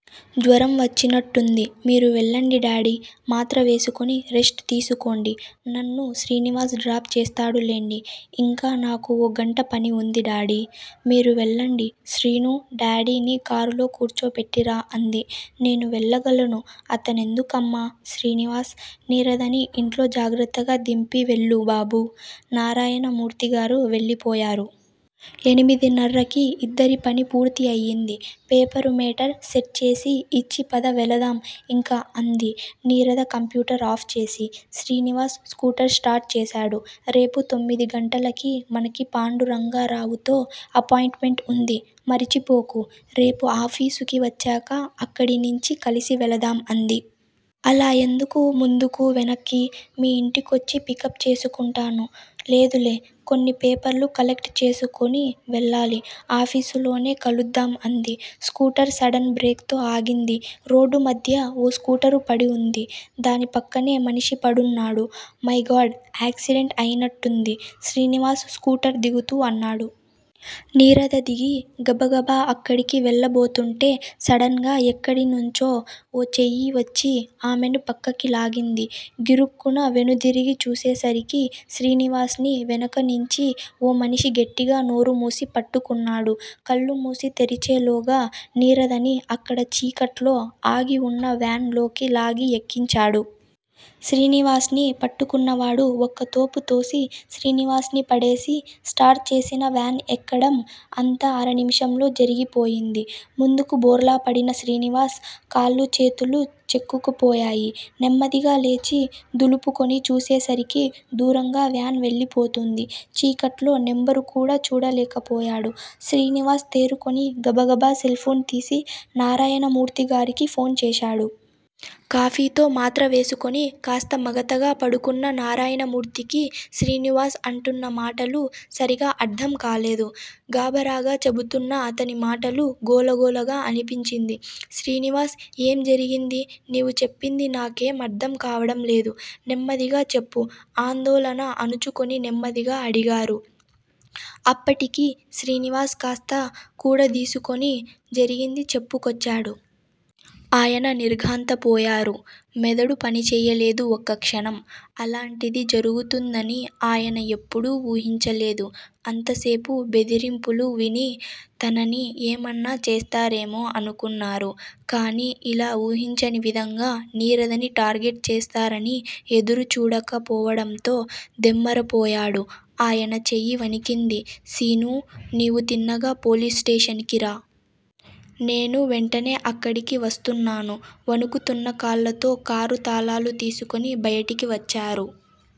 జ్వరం వచ్చినట్టుంది. మీరు వెళ్ళండి డాడీ, మాత్ర వేసుకుని రెస్ట్ తీసుకోండి. నన్ను శ్రీనివాస్ డ్రాప్ చేస్తాడులెండి ఇంకా నాకు ఓ గంట పనివుంది డాడీ. మీరు వెళ్ళండి శ్రీనూ, డాడీని కారులో కూర్చో పెట్టిరా అంది. నే వెళ్ళగలను అతనెందుకమ్మా, శ్రీనివాస్! నీరదని ఇంట్లో జాగ్రత్తగా దింపి వెళ్ళు బాబూ నారాయణమూర్తిగారు వెళ్ళిపోయారు. ఎనిమిదిన్నరకి ఇద్దరి పనీ పూర్తి అయింది. పేపరు మేటర్ సెట్ చేసి ఇచ్చి పద వెళదాం ఇంక అంది నీరద కంప్యూటర్ ఆఫ్ చేసి. శ్రీనివాస్ స్కూటర్ స్టార్ట్ చేశాడు. రేపు తొమ్మిదిగంటలకి మనకి పాండురంగారావుతో అపాయింట్ మెంట్ వుంది. మర్చిపోకు. రేపు ఆఫీసుకి వచ్చాక అక్కడినించి కలిసి వెళదాం అంది. అలా ఎందుకు ముందుకూ, వెనక్కి మీ ఇంటికొచ్చి పికప్ చేసుకుంటాను లేదులే. కొన్ని పేపర్లు కలెక్ట్ చేసుకుని వెళ్ళాలి, ఆఫీసులోనే కలుద్దాం అంది. స్కూటర్ సడెన్ బ్రేక్ తో ఆగింది. రోడ్డుమధ్య ఓ స్కూటరు పడివుంది. దానిపక్కనే మనిషి పడున్నాడు. మైగాడ్ యాక్సిడెంట్ అయినట్టుంది. శ్రీనివాస్ స్కూటర్ దిగుతూ అన్నాడు. నీరద దిగి గబగబా అక్కడికి వెళ్ళబోతూంటే సడెన్ గా ఎక్కడినించో ఓ చెయ్యివచ్చి ఆమెని పక్కకి లాగింది. గిరుక్కున వెనుదిరిగి చూసేసరికి శ్రీనివాస్ ని వెనకనించి ఓ మనిషి గట్టిగా నోరుమూసి పట్టుకున్నాడు. కళ్ళుమూసి తెరిచేలోగా నీరదని అక్కడ చీకట్లో ఆగివున్న వ్యాన్ లోకి లాగి ఎక్కించాడు. శ్రీనివాస్ ని పట్టుకున్నవాడు ఒక్కతోపు తోసి శ్రీనివాస్ ని పడేసి స్టార్ట్ చేసిన వ్యాన్ ఎక్కడం అంతా అరనిముషంలో జరిగిపోయింది. ముందుకు బోర్లాపడిన శ్రీనివాస్ కాళ్ళు చేతులు చెక్కుకుపోయాయి. నెమ్మదిగా లేచి దులుపుకుని చూసేసరికి దూరంగా వ్యాన్ వెళ్ళిపోతోంది. చీకట్లో నెంబరుకూడా చూడలేకపోయాడు. శ్రీనివాస్ తేరుకుని గబగబా సెల్ ఫోన్ తీసి నారాయణమూర్తిగారికి ఫోను చేశాడు. కాఫీతో మాత్ర వేసుకుని కాస్త మగతగా పడుకున్న నారాయణమూర్తికి శ్రీనివాస్ అంటున్న మాటలు సరిగా అర్థంకాలేదు. గాభరాగా చెబుతున్న అతని మాటలు గోలగోలగా అనిపించింది. శ్రీనివాస్ ఏం జరిగింది నీవు చెప్పింది నాకేం అర్థం కావడంలేదు. నెమ్మదిగా చెప్పు ఆందోళన అణచుకుని నెమ్మదిగా అడిగారు. అప్పటికి శ్రీనివాస్ కాస్త కూడదీసుకుని జరిగింది చెప్పుకొచ్చాడు. ఆయన నిర్ఘాంతపోయారు. మెదడు పనిచెయ్యలేదు ఒక్కక్షణం. అలాంటిది జరిగుతుందని ఆయన ఎప్పుడూ ఊహించలేదు. ఎంతసేపూ ఆ బెదిరింపులు విని తనని ఏమన్నా చేస్తారేమో అనుకున్నారు. కాని ఇలా ఊహించని విధంగా నీరదని టార్గెట్ చేస్తారని ఎదురు చూడకపోవడంతో దిమ్మెరపోయాడు. ఆయన చెయ్యి వణికింది. శీనూ, నీవు తిన్నగా పోలీసు స్టేషన్ కి రా. నేనూ వెంటనే అక్కడికి వస్తున్నాను వణుకుతున్న కాళ్లతో కారు తాళాలు తీసుకుని బయటికి వచ్చారు.